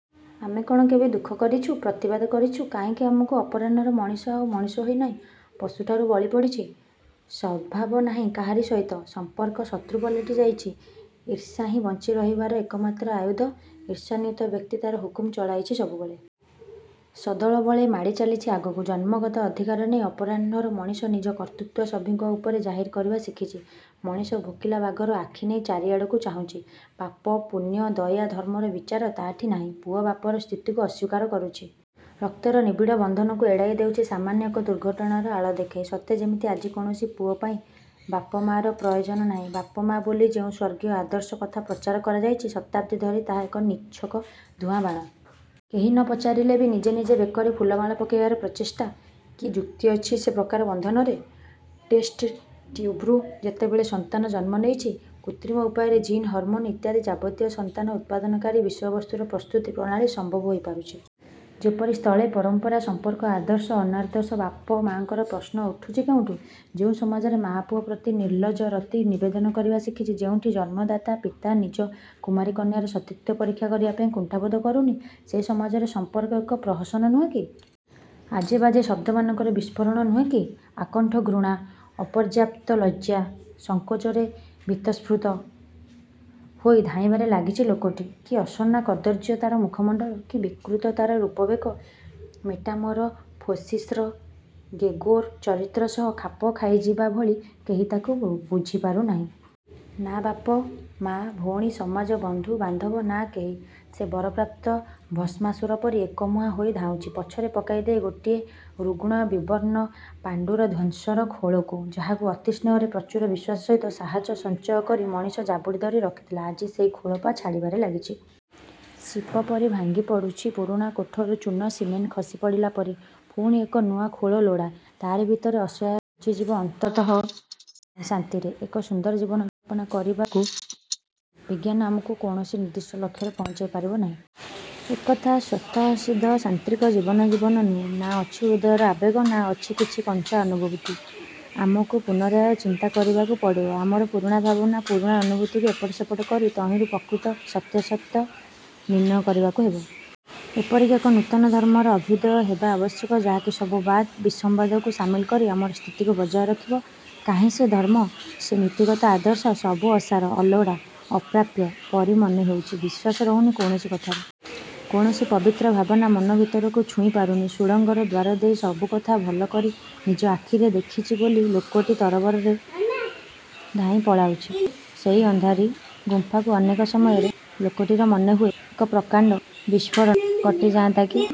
ଆମେ କ'ଣ କେବେ ଦୁଃଖ କରିଛୁ? ପ୍ରତିବାଦ କରିଛୁ? କାହିଁକି ଆମକୁ। ଅପରାହ୍ନର ମଣିଷ ଆଉ ମଣିଷ ହୋଇ ନାହିଁ। ପଶୁଠାରୁ ବଳି ପଡ଼ିଛି। ସଦ୍ଭାବ ନାହିଁ କାହାରି ସହିତ। 'ସମ୍ପର୍କ' ଶତ୍ରୁ ପାଲଟି ଯାଇଛି। ଈର୍ଷାହିଁ ବଞ୍ଚି ରହିବାର ଏକମାତ୍ର ଆୟୁଧ। ଈର୍ଷାନ୍ୱିତ ବ୍ୟକ୍ତି ତା'ର ହୁକୁମ ଚଳାଇଛି ସବୁବେଳେ। ସଦଳବଳେ ମାଡ଼ି ଚାଲିଛି ଆଗକୁ। ଜନ୍ମଗତ ଅଧିକାର ନେଇ ଅପରାହ୍ନର ମଣିଷ ନିଜ କର୍ତ୍ତୃତ୍ୱ ସଭିଙ୍କ ଉପରେ ଜାହିର କରିବା ଶିଖିଛି। ମଣିଷ ଭୋକିଲା ବାଘର ଆଖି ନେଇ ଚାରିଆଡ଼କୁ ଚାହୁଁଛି। ପାପ, ପୁଣ୍ୟ, ଦୟା, ଧର୍ମର ବିଚାର ତା'ଠି ନାହିଁ। ପୁଅ ବାପର ସ୍ଥିତିକୁ ଅସ୍ୱୀକାର କରୁଛି। ରକ୍ତର ନିବିଡ଼ ବନ୍ଧନକୁ ଏଡ଼ାଇ ଦେଉଛି ସାମାନ୍ୟ ଏକ ଦୁର୍ଘଟଣାର ଆଳ ଦେଖାଇ। ସତେ ଯେମିତି ଆଜି କୌଣସି ପୁଅ ପାଇଁ ବାପ ମା'ର ପ୍ରୟୋଜନ ନାହିଁ। ବାପ, ମା ବୋଲି ଯେଉଁ ସ୍ୱର୍ଗୀୟ ଆଦର୍ଶ କଥା ପ୍ରଚାର କରାଯାଇଛି, ଶତାବ୍ଦୀ ଧରି ତାହା ଏକ ନିଚ୍ଛକ ଧୂଆଁ ବାଣ। କେହି ନ ପଚାରିଲେ ବି ନିଜେ ନିଜେ ବେକରେ ଫୁଲମାଳ ପକେଇବାର ପ୍ରଚେଷ୍ଟା। କି ଯୁକ୍ତି ଅଛି ସେ ପ୍ରକାର ବନ୍ଧନରେ? ଟେଷ୍ଟଟ୍ୟୁବ୍ରୁ ଯେତେବେଳେ ସନ୍ତାନ ଜନ୍ମ ନେଉଛି। କୃତ୍ରିମ ଉପାୟରେ ଜିନ୍ ହରମୋନ୍ ଇତ୍ୟାଦି ଯାବତୀୟ ସନ୍ତାନ ଉତ୍ପାଦନକାରୀ ବିଷୟବସ୍ତୁର ପ୍ରସ୍ତୁତି ପ୍ରଣାଳୀ ସମ୍ଭବ ହୋଇ ପାରୁଚି। ସେପରି ସ୍ଥଳେ ପରମ୍ପରା, ସମ୍ପର୍କ, ଆଦର୍ଶ, ଅନାଦର୍ଶ, ବାପ, ମାଙ୍କର ପ୍ରଶ୍ନ ଉଠୁଛି କେଉଁଠି? ଯେଉଁ ସମାଜରେ ମା' ପୁଅ ପ୍ରତି ନିର୍ଲଜ୍ଜ ରତି ନିବେଦନ କରିବା ଶିଖିଛି, ଯେଉଁଠି ଜନ୍ମଦାତା ପିତା ନିଜ କୁମାରୀ କନ୍ୟାର ସତୀତ୍ୱ ପରୀକ୍ଷା କରିବା ପାଇଁ କୁଣ୍ଠାବୋଧ କରୁନି, ସେ ସମାଜରେ ସମ୍ପର୍କ ଏକ ପ୍ରହସନ ନୁହେଁ କି? ଆଜେବାଜେ ଶବ୍ଦମାନଙ୍କର ବିସ୍ଫୋରଣ ନୁହେଁ କି? ଆକଣ୍ଠ ଘୃଣା, ଅପର୍ଯ୍ୟାପ୍ତ ଲଜ୍ଜା, ସଂକୋଚରେ ବୀତସ୍ପୃହ ହୋଇ ଧାଇଁବାରେ ଲାଗିଛି ଲୋକଟି। କି ଅସନା କଦର୍ଯ୍ୟ ତା'ର ମୁଖମଣ୍ଡଳ। କି ବିକୃତ ତା'ର ରୂପଭେକ। ମେଟାମରଫୋସିସ୍ର 'ଗେଗୋର' ଚରିତ୍ର ସହ ଖାପ ଖାଇଯିବା ଭଳି। କେହି ତାକୁ ବୁଝିପାରୁ ନାହିଁ। ନା ବାପ, ମା, ଭଉଣୀ, ସମାଜ, ବନ୍ଧୁ ବାନ୍ଧବ! ନାଁ କେହି। ସେ ବରପ୍ରାପ୍ତ ଭସ୍ମାସୁର ପରି ଏକମୁହାଁ ହୋଇ ଧାଉଁଛି। ପଛରେ ପକାଇ ଦେଇ ଗୋଟିଏ ରୁଗ୍ଣ ବିବର୍ଣ୍ଣ ପାଣ୍ତୁର ଧ୍ୱଂସର ଖୋଳକୁ। ଯାହାକୁ ଅତି ସ୍ନେହରେ, ପ୍ରଚୁର ବିଶ୍ୱାସ ସହିତ ସାହାସ ସଞ୍ଚୟ କରି ମଣିଷ ଜାବୁଡ଼ି ଧରି ରଖିଥିଲା, ଆଜି ସେଇ ଖୋଳପା ଛାଡ଼ିବାରେ ଲାଗିଛି। ଶିପ ପରି ଭାଙ୍ଗି ପଡ଼ୁଛି। ପୁରୁଣା କୋଠରୁ ଚୂନ ସିମେଣ୍ଟ ଖସି ପଡ଼ିଲା ପରି। ପୁଣି ଏକ ନୂଆ ଖୋଳ ଲୋଡ଼ା। ତା'ରି ଭିତରେ ଅସହାୟ ଜୀବଟି ବଞ୍ଚିଯିବ ଅନ୍ତତଃ କିଛି ଦିନପାଇଁ ଶାନ୍ତିରେ। ଏକ ସୁନ୍ଦର ଜୀବନର ପରିକଳ୍ପନା କରିବାକୁ ପଡ଼ିବ। ବିଜ୍ଞାନ ଆମକୁ କୌଣସି ନିର୍ଦ୍ଦିଷ୍ଟ ଲକ୍ଷ୍ୟରେ ପହଞ୍ଚାଇ ପାରିବ ନାହିଁ। ଏକଥା ସ୍ୱତଃସିଦ୍ଧ। ଯାନ୍ତ୍ରିକ ଜୀବନ ଜୀବନ ନୁହେଁ। ନାଁ ଅଛି ହୃଦୟର ଆବେଗ, ନାଁ ଅଛି କିଛି କଞ୍ଚା ଅନୁଭୂତି। ଆମକୁ ପୁନରାୟ ଚିନ୍ତା କରିବାକୁ ପଡ଼ିବ। ଆମର ପୁରୁଣା ଭାବନା, ପୁରୁଣା ଅନୁଭୂତିକୁ ଏପଟ ସେପଟ କରି ତହିଁରୁ ପ୍ରକୃତ ସତ୍ୟାସତ୍ୟ ନିର୍ଣ୍ଣୟ କରିବାକୁ ହେବ। ''' ଏପରିକି ଏକ ନୂତନ ଧର୍ମର ଅଭ୍ୟୁଦୟ ହେବା ଆବଶ୍ୟକ, ଯାହାକି ସବୁ ବାଦ, ବିସମ୍ବାଦକୁ ସାମିଲ କରି ଆମର ସ୍ଥିତିକୁ ବଜାୟ ରଖିବ। କାହିଁ ସେ ଧର୍ମ? ସେ ନୀତିଗତ ଆଦର୍ଶ? ସବୁ ଅସାର, ଅଲୋଡ଼ା ଅପ୍ରାପ୍ୟ ପରି ମନେ ହେଉଛି। ବିଶ୍ୱାସ ରହୁନି କୌଣସି କଥାରେ। କୌଣସି ପବିତ୍ର ଭାବନା ମନ ଭିତରକୁ ଛୁଇଁ ପାରୁନି। ସୁଡ଼ଙ୍ଗର ଦ୍ୱାର ଦେଇ ସବୁକଥା ଭଲ କରି ନିଜ ଆଖିରେ ଦେଖିଚି ବୋଲି, ଲୋକଟି ତରବରରେ ଧାଇଁ ପଳାଉଛି ସେଇ ଅନ୍ଧାରୀ ଗୁମ୍ଫାକୁ। ଅନେକ ସମୟରେ ଲୋକଟିର ମନେହୁଏ, ଏକ ପ୍ରକାଣ୍ଡ ବିସ୍ଫୋରଣ କଟିଯାନ୍ତା କି!